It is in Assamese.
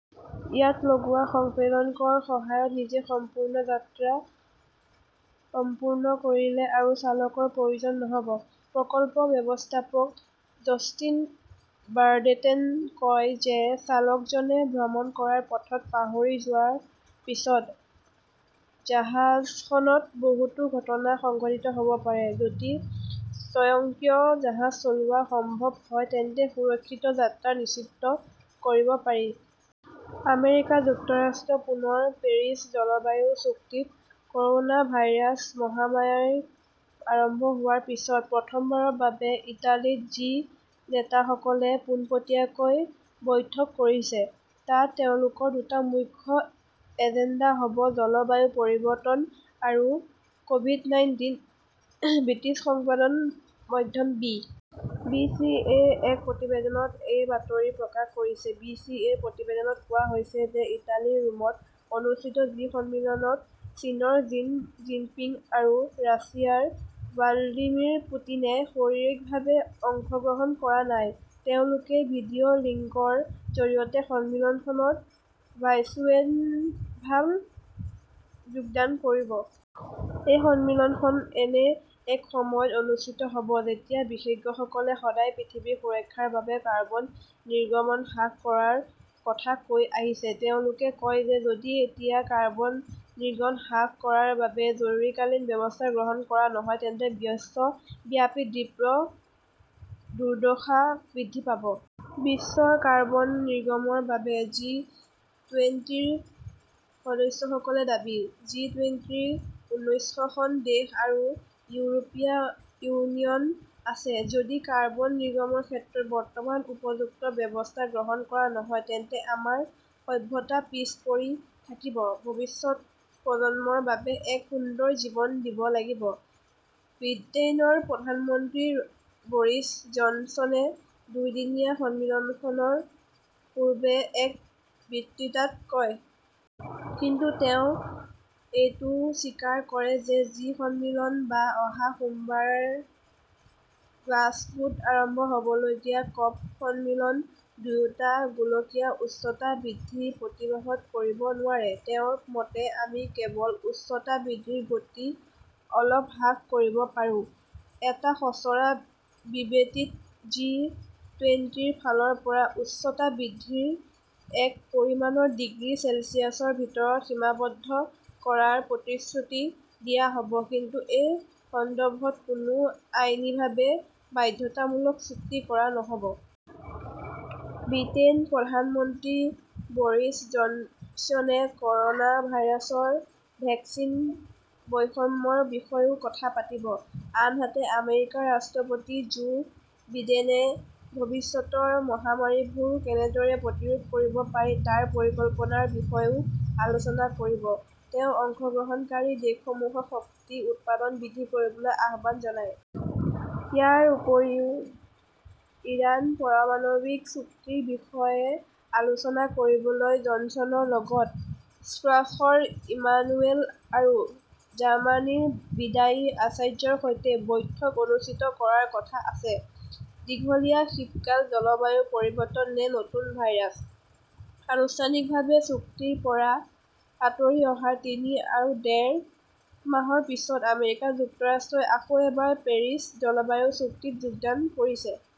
ইয়াত লগোৱা সংবেদকৰ সহায়ত নিজে সম্পূৰ্ণ যাত্ৰা সম্পূৰ্ণ কৰিলে আৰু চালকৰ প্ৰয়োজন নহ'ব। প্ৰকল্প ব্যৱস্থাপক জষ্টিন ব্ৰাটেনে কয় যে চালকজনে ভ্ৰমণ কৰাৰ পথত পাহৰি যোৱাৰ পিছত জাহাজখনত বহুতো ঘটনা সংঘটিত হ'ব পাৰে। যদি স্বয়ংক্ৰিয় জাহাজ চলোৱাটো সম্ভৱ হয় তেন্তে সুৰক্ষিত যাত্ৰা নিশ্চিত কৰিব পাৰি। আমেৰিকা যুক্তৰাষ্ট্ৰ পুনৰ পেৰিছ জলবায়ু চুক্তিত ক'ৰণা ভাইৰাছ মহামাৰী আৰম্ভ হোৱাৰ পিছত প্ৰথমবাৰৰ বাবে ইটালীত জি-নেতাসকলে পোনপটীয়াকৈ বৈঠক কৰিছে। তাত তেওঁলোকৰ দুটা মুখ্য এজেণ্ডা হ'ব জলবায়ু পৰিৱৰ্তন আৰু ক'ভিড-নাইনটিন। ব্ৰিটিছ সংবাদ মাধ্যম বি. বি. চি.-য়ে এক প্ৰতিবেদনত এই বাতৰি প্ৰকাশ কৰিছে। বি. বি. চি.-ৰ প্ৰতিবেদনত কোৱা হৈছে যে ইটালীৰ ৰোমত অনুষ্ঠিত জি-সন্মিলনত চীনৰ জিন জিনপিং আৰু ৰাছিয়াৰ ভ্লাদিমিৰ পুটিনে শাৰীৰিকভাৱে অংশগ্ৰহণ কৰা নাই। তেওঁলোকে ভিডিঅ' লিংকৰ জৰিয়তে সন্মিলনখনত ভাৰ্চুৱেলভাৱে যোগদান কৰিব। এই সন্মিলনখন এনে এক সময়ত অনুষ্ঠিত হ'ব যেতিয়া বিশেষজ্ঞসকলে সদায় পৃথিৱীৰ সুৰক্ষাৰ বাবে কাৰ্বন নিৰ্গমন হ্ৰাস কৰাৰ কথা কৈ আহিছে। তেওঁলোকে কয় যে যদি এতিয়া কাৰ্বন নিৰ্গমন হ্ৰাস কৰাৰ বাবে জৰুৰীকালীন ব্যৱস্থা গ্ৰহণ কৰা নহয় তেন্তে বিশ্বব্যাপী তীব্ৰ দুৰ্দশা বৃদ্ধি পাব। বিশ্বৰ কাৰ্বন নিৰ্গমনৰ বাবে জি-টোয়েণ্টিৰ সদস্যসকল দায়ী। জি-টোয়েণ্টিত ঊনৈছখন দেশ আৰু ইউৰোপীয় ইউনিয়ন আছে। "যদি কাৰ্বন নিৰ্গমনৰ ক্ষেত্ৰত বৰ্তমান উপযুক্ত ব্যৱস্থা গ্ৰহণ কৰা নহয়, তেন্তে আমাৰ সভ্যতা পিছ পৰি থাকিব। ভৱিষ্যত প্ৰজন্মৰ বাবে এক সুন্দৰ জীৱন দিব লাগিব", ব্ৰিটেইনৰ প্ৰধানমন্ত্ৰী বৰিছ জনছনে দুইদিনীয়া সন্মিলনৰ পূৰ্বে এক বক্তৃতাত কয়। "কিন্তু তেওঁ এইটোও স্বীকাৰ কৰে যে জি-সন্মিলন বা অহা সোমবাৰে গ্লাছগোত আৰম্ভ হ'বলগীয়া কপ-সন্মিলন দুয়োটাই গোলকীয় উষ্ণতা বৃদ্ধি প্ৰতিহত কৰিব নোৱাৰে।" তেওঁৰ মতে, "আমি কেৱল উষ্ণতা বৃদ্ধিৰ গতি অলপ হ্ৰাস কৰিব পাৰোঁ।" এটা খচৰা বিবৃতিত জি-টোয়েণ্টিৰ ফালৰ পৰা উষ্ণতা বৃদ্ধিৰ এক পৰিমাণৰ ডিগ্ৰী চেলছিয়াছৰ ভিতৰত সীমাবদ্ধ কৰাৰ প্ৰতিশ্ৰুতি দিয়া হ'ব, কিন্তু এই সন্দৰ্ভত কোনো আইনীভাৱে বাধ্যতামূলক চুক্তি কৰা নহ'ব। ব্ৰিটেইনৰ প্ৰধানমন্ত্ৰী বৰিছ জনছনে ক'ৰণা ভাইৰাছৰ ভেকচিন বৈষম্যৰ বিষয়েও কথা পাতিব। আনহাতে, আমেৰিকাৰ ৰাষ্ট্ৰপতি জো বিডেনে ভৱিষ্যতৰ মহামাৰীবোৰ কেনেদৰে প্ৰতিৰোধ কৰিব পাৰি তাৰ পৰিকল্পনাৰ বিষয়েও আলোচনা কৰিব। তেওঁ অংশগ্ৰহণকাৰী দেশসমূহক শক্তি উৎপাদন বৃদ্ধি কৰিবলৈ আহ্বান জনায়। ইয়াৰ উপৰিও ইৰাণ পাৰমাণৱিক চুক্তিৰ বিষয়ে আলোচনা কৰিবলৈ জনছনৰ লগতে ফ্ৰান্সৰ ইমানুৱেল আৰু জাৰ্মানীৰ বিদায়ী আচাৰ্যৰ সৈতে বৈঠক অনুষ্ঠিত কৰাৰ কথা আছে। দীঘলীয়া শীতকালঃ জলবায়ু পৰিৱৰ্তন নে নতুন ভাইৰাছ? আনুষ্ঠানিকভাৱে চুক্তিৰ পৰা আঁতৰি অহাৰ তিনি আৰু ডেৰ মাহৰ পিছত আমেৰিকা যুক্তৰাষ্ট্ৰই আকৌ এবাৰ পেৰিছ জলবায়ু চুক্তিত যোগদান কৰিছে।